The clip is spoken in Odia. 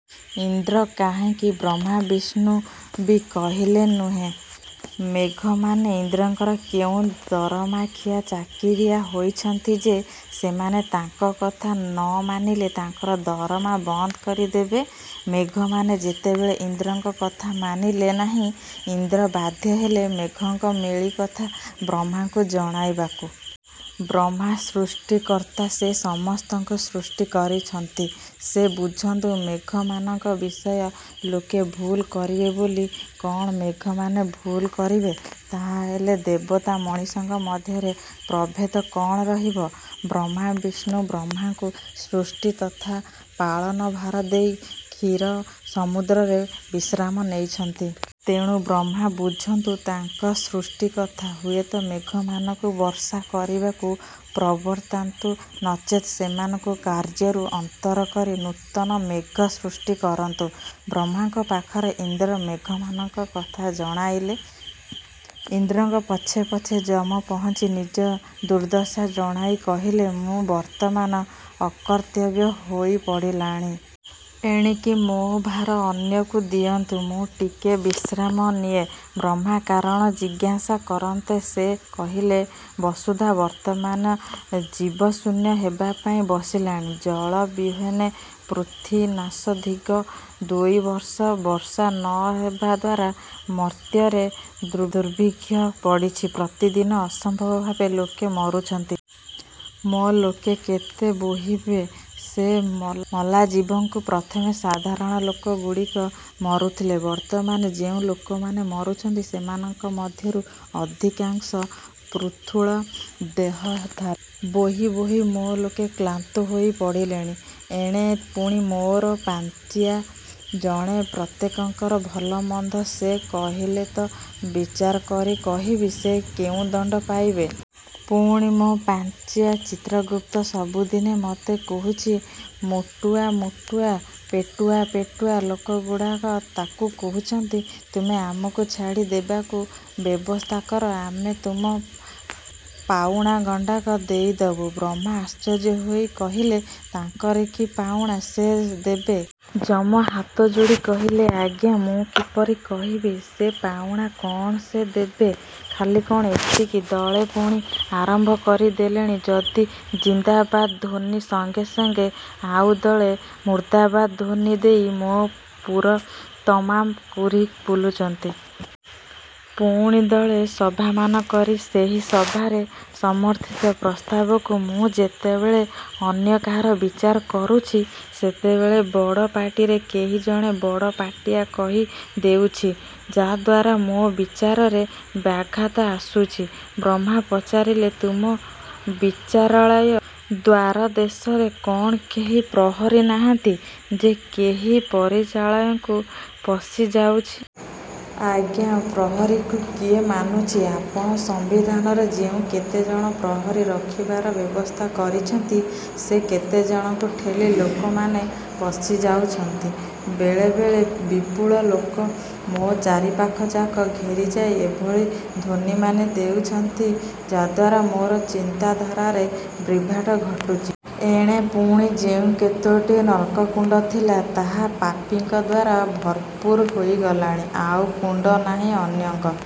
ଇନ୍ଦ୍ର କାହିଁକି ବ୍ରହ୍ମାବିଷ୍ଣୁ ବି କହିଲେ ନୁହେଁ। ମେଘମାନେ ଇନ୍ଦ୍ରଙ୍କର କେଉଁ ଦରମାଖିଆ ଚାକିରିଆ ହୋଇଛନ୍ତି ଯେ, ସେମାନେ ତାଙ୍କ କଥା ନ ମାନିଲେ ତାଙ୍କର ଦରମା ବନ୍ଦକରି ଦେବେ? ମେଘମାନେ ଯେତେବେଳେ ଇନ୍ଦ୍ରଙ୍କ କଥା ମାନିଲେ ନାହିଁ ଇନ୍ଦ୍ର ବାଧ୍ୟ ହେଲେ ମେଘଙ୍କ ମେଳି କଥା ବ୍ରହ୍ମାଙ୍କୁ ଜଣାଇବାକୁ। ବ୍ରହ୍ମା ସୃଷ୍ଟି କର୍ତ୍ତା, ସେ ସମସ୍ତଙ୍କୁ ସୃଷ୍ଟି କରିଛନ୍ତି-ସେ ବୁଝନ୍ତୁ ମେଘମାନଙ୍କ ବିଷୟ। ଲୋକେ ଭୁଲ କରିବେ ବୋଲି କଣ ମେଘମାନେ ଭୁଲ କରିବେ। ତାହାହେଲେ ଦେବତା ମଣିଷଙ୍କ ମଧ୍ୟରେ ପ୍ରଭେଦ କଣ ରହିବ? ମହାବିଷ୍ଣୁ ବ୍ରହ୍ମାଙ୍କୁ ସୃଷ୍ଟି ତଥା ପାଳନଭାର ଦେଇ ଖିର ସମୁଦ୍ରରେ ବିଶ୍ରାମ ନେଇଛନ୍ତି। ତେଣୁ ବ୍ରହ୍ମା ବୁଝନ୍ତୁ ତାଙ୍କ ସୃଷ୍ଟି କଥା। ହୁଏତ ମେଘମାନଙ୍କୁ ବର୍ଷା କରିବାକୁ ପ୍ରବର୍ତ୍ତାନ୍ତୁ ନଚେତ ସେମାନଙ୍କୁ କାର୍ଯ୍ୟରୁ ଅନ୍ତର କରି ନୂତନ ମେଘ ସୃଷ୍ଟି କରନ୍ତୁ। ବ୍ରହ୍ମାଙ୍କ ପାଖରେ ଇନ୍ଦ୍ର ମେଘମାନଙ୍କ କଥା ଜଣାଇଲେ। ଇନ୍ଦ୍ରଙ୍କ ପଛେ ପଛେ ଯମ ପହଞ୍ଚି ନିଜ ଦୁର୍ଦ୍ଦଶା ଜଣାଇ କହିଲେ, ମୁଁ ବର୍ତ୍ତମାନ ଅକର୍ତ୍ତବ୍ୟ ହୋଇ ପଡ଼ିଲାଣି। ଏଣିକି ମୋ ଭାର ଅନ୍ୟକୁ ଦିଅନ୍ତୁ। ମୁଁ ଟିକିଏ ବିଶ୍ରାମ ନିଏ। ବ୍ରହ୍ମା କାରଣ ଜିଜ୍ଞାସା କରନ୍ତେ ସେ କହିଲେ, ବସୁଧା ବର୍ତ୍ତମାନ ଜୀବଶୂନ୍ୟ ହେବାପାଇଁ ବସିଲାଣି। ଜଳ ବିହୁନେ ପୃଥ୍ୱୀ ନାଶ। ଦୀର୍ଘ ଦୁଇବର୍ଷ ବର୍ଷା ନ ହେବାଦ୍ୱାରା ମର୍ତ୍ତ୍ୟରେ ଦୁର୍ଭିକ୍ଷ ପଡ଼ିଛି। ପ୍ରତିଦିନ ଅସମ୍ଭବ ଭାବେ ଲୋକେ ମରୁଛନ୍ତି। ମୋ ଲୋକେ କେତେ ବୋହିବେ ସେ ମଲାଜୀବଙ୍କୁ। ପ୍ରଥମେ ସାଧାରଣ ଲୋକ ଗୁଡ଼ିକ ମରୁଥିଲେ-ବର୍ତ୍ତମାନ ଯେଉଁ ଲୋକମାନେ ମରୁଛନ୍ତି ସେମାନଙ୍କ ମଧ୍ୟରୁ ଅଧିକାଂଶ ପୃଥୁଳ ଦେହଧାରୀ। ବୋହି ବୋହି ମୋ ଲୋକେ କ୍ଳାନ୍ତ ହୋଇ ପଡ଼ିଲେଣି। ଏଣେ ପୁଣି ମୋର ପାଞ୍ଜିଆ ଜଣେ। ପ୍ରତ୍ୟେକଙ୍କର ଭଲ ମନ୍ଦ ସେ କହିଲେତ ବିଚାରକରି କହିବି ସେ କେଉଁ ଦଣ୍ଡ ପାଇବେ। ପୁଣି ମୋ ପାଞ୍ଜିଆ ଚିତ୍ରଗୁପ୍ତ ସବୁଦିନେ ମୋତେ କହୁଛି ମୋଟୁଆ ମୋଟୁଆ ପେଟୁଆ ପେଟୁଆ ଲୋକ ଗୁଡ଼ାକ ତାକୁ କହୁଛନ୍ତି ତୁମେ ଆମକୁ ଛାଡ଼ି ଦେବାକୁ ବ୍ୟବସ୍ଥାକର ଆମେ ତୁମ ପାଉଣା ଗଣ୍ଡାକ ଦେଇ ଦେବୁ। ବ୍ରହ୍ମା ଆଶ୍ଚର୍ଯ୍ୟ ହୋଇ କହିଲେ, ତାଙ୍କର କି ପାଉଣା ସେ ଦେବେ? ଯମ ହାତଜୋଡ଼ି କହିଲେ, ଆଜ୍ଞା ମୁଁ କିପରି କହିବି ସେ ପାଉଣା କଣ ସେ ଦେବେ। ଖାଲି କଣ ଏତିକି-ଦଳେ ପୁଣି ଆରମ୍ଭ କରିଦେଲେଣି ଯଦି ଜିନ୍ଦାବାଦ ଧ୍ୱନୀ, ସଙ୍ଗେ ସଙ୍ଗେ ଆଉ ଦଳେ ମୁର୍ଦ୍ଦାବାଦ ଧ୍ୱନୀ ଦେଇ ମୋ ପୁର ତମାମ ଘୂରି ବୁଲୁଛନ୍ତି। ପୁଣି ଦଳେ ସଭାମାନ କରି ସେହି ସଭାରେ, ସମର୍ଥିତ ପ୍ରସ୍ତାବକୁ, ମୁଁ ଯେତେବେଳେ ଅନ୍ୟ କାହାର ବିଚାର କରୁଛି ସେତେବେଳେ, ବଡ଼ ପାଟିରେ କେହି ଜଣେ ବଡ଼ ପାଟିଆ କହି ଦେଉଛି। ଯଦ୍ୱାରା ମୋ ବିଚାରରେ ବ୍ୟାଘାତ ଆସୁଛି। ବ୍ରହ୍ମା ପଚାରିଲେ, ତୁମ ବିଚାରାଳୟ ଦ୍ୱାର ଦେଶରେ କଣ କେହି ପ୍ରହରୀ ନାହାନ୍ତି, ଯେ କେହି ବିଚାରାଳୟକୁ ପଶି ଯାଉଛି? ଆଜ୍ଞା; ପ୍ରହରୀକୁ କିଏ ମାନୁଛି? ଆପଣ ସମ୍ୱିଧାନରେ ଯେଉଁ କେତେ ଜଣ ପ୍ରହରୀ ରଖିବାର ବ୍ୟବସ୍ଥା କରିଛନ୍ତି ସେ କେତେଜଣଙ୍କୁ ଠେଲି ଲୋକମାନେ ପଶିଯାଉଛନ୍ତି। ବେଳେ ବେଳେ। ବିପୁଳ ଲୋକ ମୋ ଚାରିପାଖ ଜାକ ଘେରିଯାଇ ଏଭଳି ଧ୍ୱନୀମାନ ଦେଉଛନ୍ତି ଯଦ୍ୱାରା ମୋର ଚିନ୍ତାଧାରାରେ ବିଭ୍ରାଟ ଘଟୁଛି। ଏଣେ ପୁଣି ଯେଉଁ କେତୋଟି ନର୍କକୁଣ୍ଡ ଥିଲା ତାହା ପାପୀଙ୍କ ଦ୍ୱାରା ଭରପୁର ହୋଇଗଲାଣି। ଆଉ କୁଣ୍ଡ ନାହିଁ ଅନ୍ୟଙ୍କ